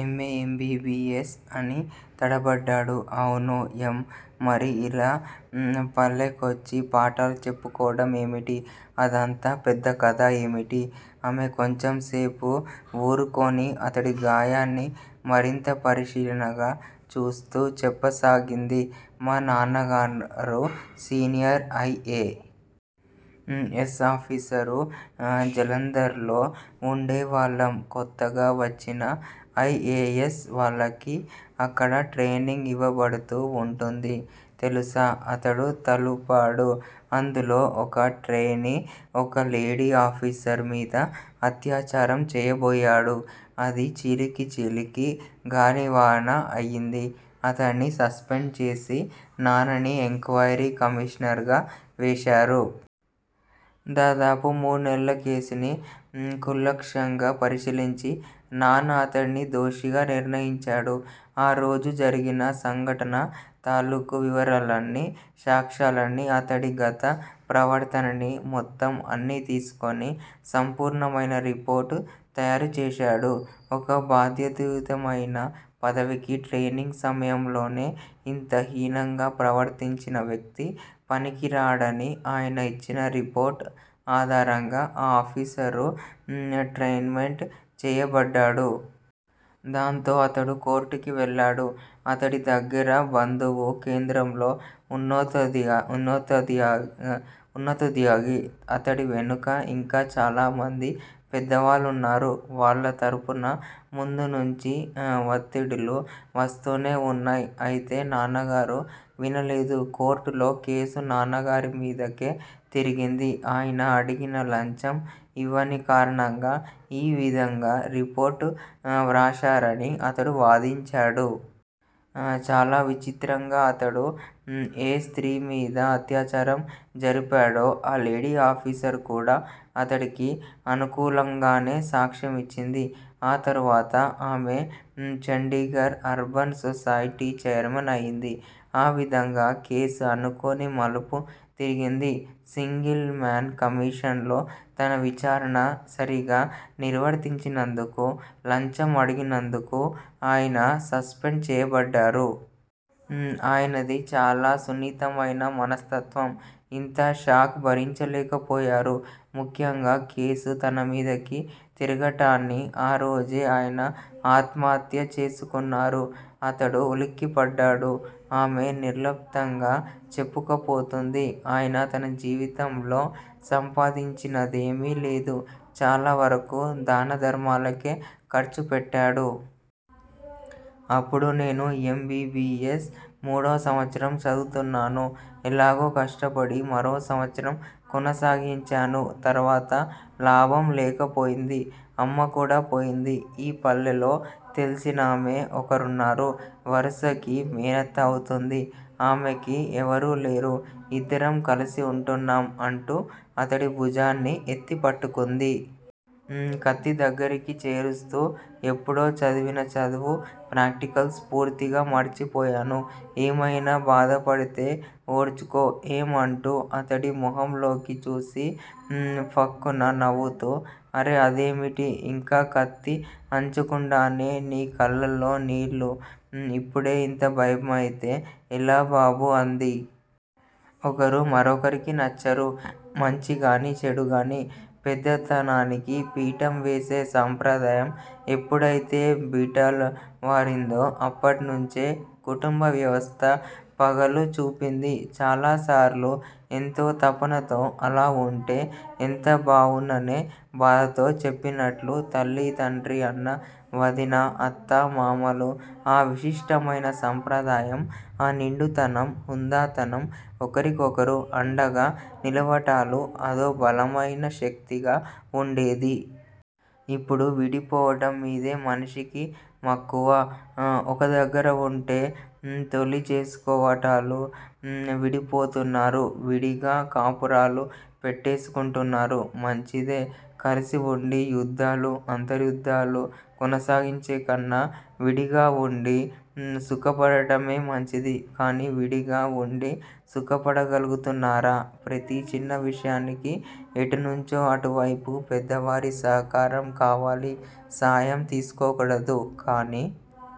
ఎమ్ M B. B. S. అని తడబడ్డాడు. అవును. ఏం! మరి ఇలా పల్లెకొచ్చి పాఠాలు చెప్పుకోవడం ఏమిటి? అదంతా పెద్ద కథ ఏమిటి? ఆమె కొంచెం సేపు వూరుకొని, అతడి గాయాన్ని మరింత పరిశీలనగా చూస్తూ చెప్పసాగింది. మా నాన్నగారు senior I. A. S. Officer Jalandhar లో వుండేవాళ్ళం కొత్తగా వచ్చిన ఐ. ఎ. యస్. వాళ్ళకి అక్కడ ట్రెయినింగ్ ఇవ్వబడుతూ వుంటుంది. తెలుసా?. అతడు తలూపాడు. అందులో ఒక ట్రెయినీ ఒక లేడీ ఆఫీసర్ మీద అత్యాచారం చెయ్యబోయాడు. అది చిలికి చిలికి గాలివాన అయ్యింది. అతడ్ని సస్పెండ్ చేసి నాన్నని ఎంక్వయిరీ కమీషనర్ గా వేశారు. దాదాపు మూడు నెలల కేసుని కూలంకషంగా పరిశీలించి నాన్న అతడిని దోషిగా నిర్ణయించాడు. ఆ రోజు జరిగిన సంఘటన తాలూకు వివరాలనీ, సాక్ష్యాలనీ, అతడి గత ప్రవర్తనని, మొత్తం అన్నీ తీసుకుని సంపూర్ణమైన రిపోర్టు తయారు చేశాడు. ఒక బాధ్యతాయుతమైన పదవికి, ట్రెయినింగ్ సమయంలోనే ఇంత హీనంగా ప్రవర్తించిన వ్యక్తి పనికిరాడని ఆయన ఇచ్చిన రిపోర్టు ఆధారంగా ఆ ఆఫీసరు ట్రేన్మేట్ చెయ్యబడ్డాడు. దాంతో అతడు కోర్టుకి వెళ్ళాడు. అతడి దగ్గర బంధువు కేంద్రంలో ఉన్నతోద్యోగి. అతడి వెనక ఇంకా చాలామంది పెద్దవాళ్ళున్నారు. వాళ్ళ తరఫున ముందు నుంచీ వత్తిడులు వస్తూనే వున్నాయ్. అయితే నాన్నగారు వినలేదు. కోర్టులో కేసు నాన్నగారి మీదకే తిరిగింది. ఆయన అడిగిన లంచం ఇవ్వని కారణంగా ఈ విధంగ్ రిపోర్టు వ్రాశారని అతడు వాదించాడు. చాలా విచిత్రంగా అతడు ఏ స్త్రీ మీద అత్యాచారం జరిపాడో, ఆ లేడీ ఆఫీసర్ కూడా అతడికి అనుకూలంగానే సాక్ష్యమిచ్చింది. ఆ తరువాత ఆమె చండీగర్ అర్బన్ సొసైటీ ఛైర్మన్ అయింది. ఆ విధంగా కేసు అనుకోని మలుపు తిరిగింది. సింగిల్ మాన్ కమిషన్ లో తన విచారణ సరిగా నిర్వర్తించనందుకూ, లంచం అడిగినందుకూ ఆయన సస్పెండ్ చేయబడ్డారు. ఆయనది చాలా సున్నితమైన మనస్తత్వం! ఇంత షాక్ భరించలేకపోయారు. ముఖ్యంగా కేసు తన మీదిమకి తిరగటాన్ని ఆ రోజే ఆయన ఆత్మహత్య చేసుకున్నారు అతడు ఉలిక్కిపడ్డాడు. ఆమె నిర్లప్తంగా చెప్పుకుపోతుంది. ఆయన తన జీవితంలో సంపాదించినదేమీ లేదు. చాలా వరకు దాన ధర్మాలకే ఖర్చు పెట్టాడు. అప్పుడు నేను యం. బి. బి. యస్. మూడో సంవత్సరం చదువుతున్నాను. ఎలాగో కష్టపడి మరో సంవత్సరం కొనసాగించాను. తరువాత లాభం లేకపోయింది. అమ్మ కూడ పోయింది. ఈ పల్లెలో తెలిసినామె ఒకరున్నారు. వరుసకి మేనత్త అవుతుంది. ఆమెకి ఎవరూ లేరు. ఇద్దరం కలిసి ఉంటున్నాం అంటూ అతడి భుజాన్ని ఎత్తి పట్టుకుంది. కత్తి దగ్గరకి చేరుస్తూ ఎప్పుడో చదివిన చదువు, ప్రాక్టికల్స్ పూర్తిగా మర్చిపోయాను. ఏమైనా బాధపడితే ఓర్చుకో- ఏం అంటూ అతడి మొహంలోకి చూసి, ఫక్కున నవ్వుతూ అరె- అదేమిటి- ఇంకా కత్తి ఆన్చకుండానే నీ కళ్లలో నీళ్ళు? ఇప్పుడే ఇంత భయమైతే ఎలా బాబూ అంది. ఒకరు మరొకరికి నచ్చరు. మంచిగానీ, చెడుగానీ, పెద్దతనానికి పీఠం వేసే సంప్రదాయం ఎప్పుడయితే బీటలువారిందో అప్పట్నుంచే కుటుంబ వ్యవస్థ పగళు చూపింది. చాలాసార్లు ఎంతో తపనతో, అలా వుంటే ఎంత బావున్ననే బాధలో చెప్పినట్లు తల్లి తండ్రి, అన్నా వదినా, అత్తా మామలు, ఆ విశిష్టమైన సంప్రదాయం, ఆ నిండుతనం, హుందాతనం, ఒకరికొకరు అండగా నిలవటాలు అదో బలమైన శక్తిగా వుండేది. ఇప్పుడు విడిపోవటం మీదే మనిషికి మక్కువ. ఒక దగ్గర వుంటే తొలిచేసుకోవటాలు. విడిపోతున్నారు. విడిగా కాపురాలు పెట్టేసుకుంటున్నారు. మంచిదే కలిసి వుండి యుద్దాలు, అంతర్యుద్దాలు కొనసాగించేకన్నా విడిగా వుండి సుఖపడడమే మంచిది. కాని విడిగా వుండి సుఖపడగలుగుతున్నారా? ప్రతి చిన్న విషయానికి ఎటునుంచో అటువైపు పెద్దవారి సహకారం కావాలి. సాయం తీసుకోకూడదు. కాని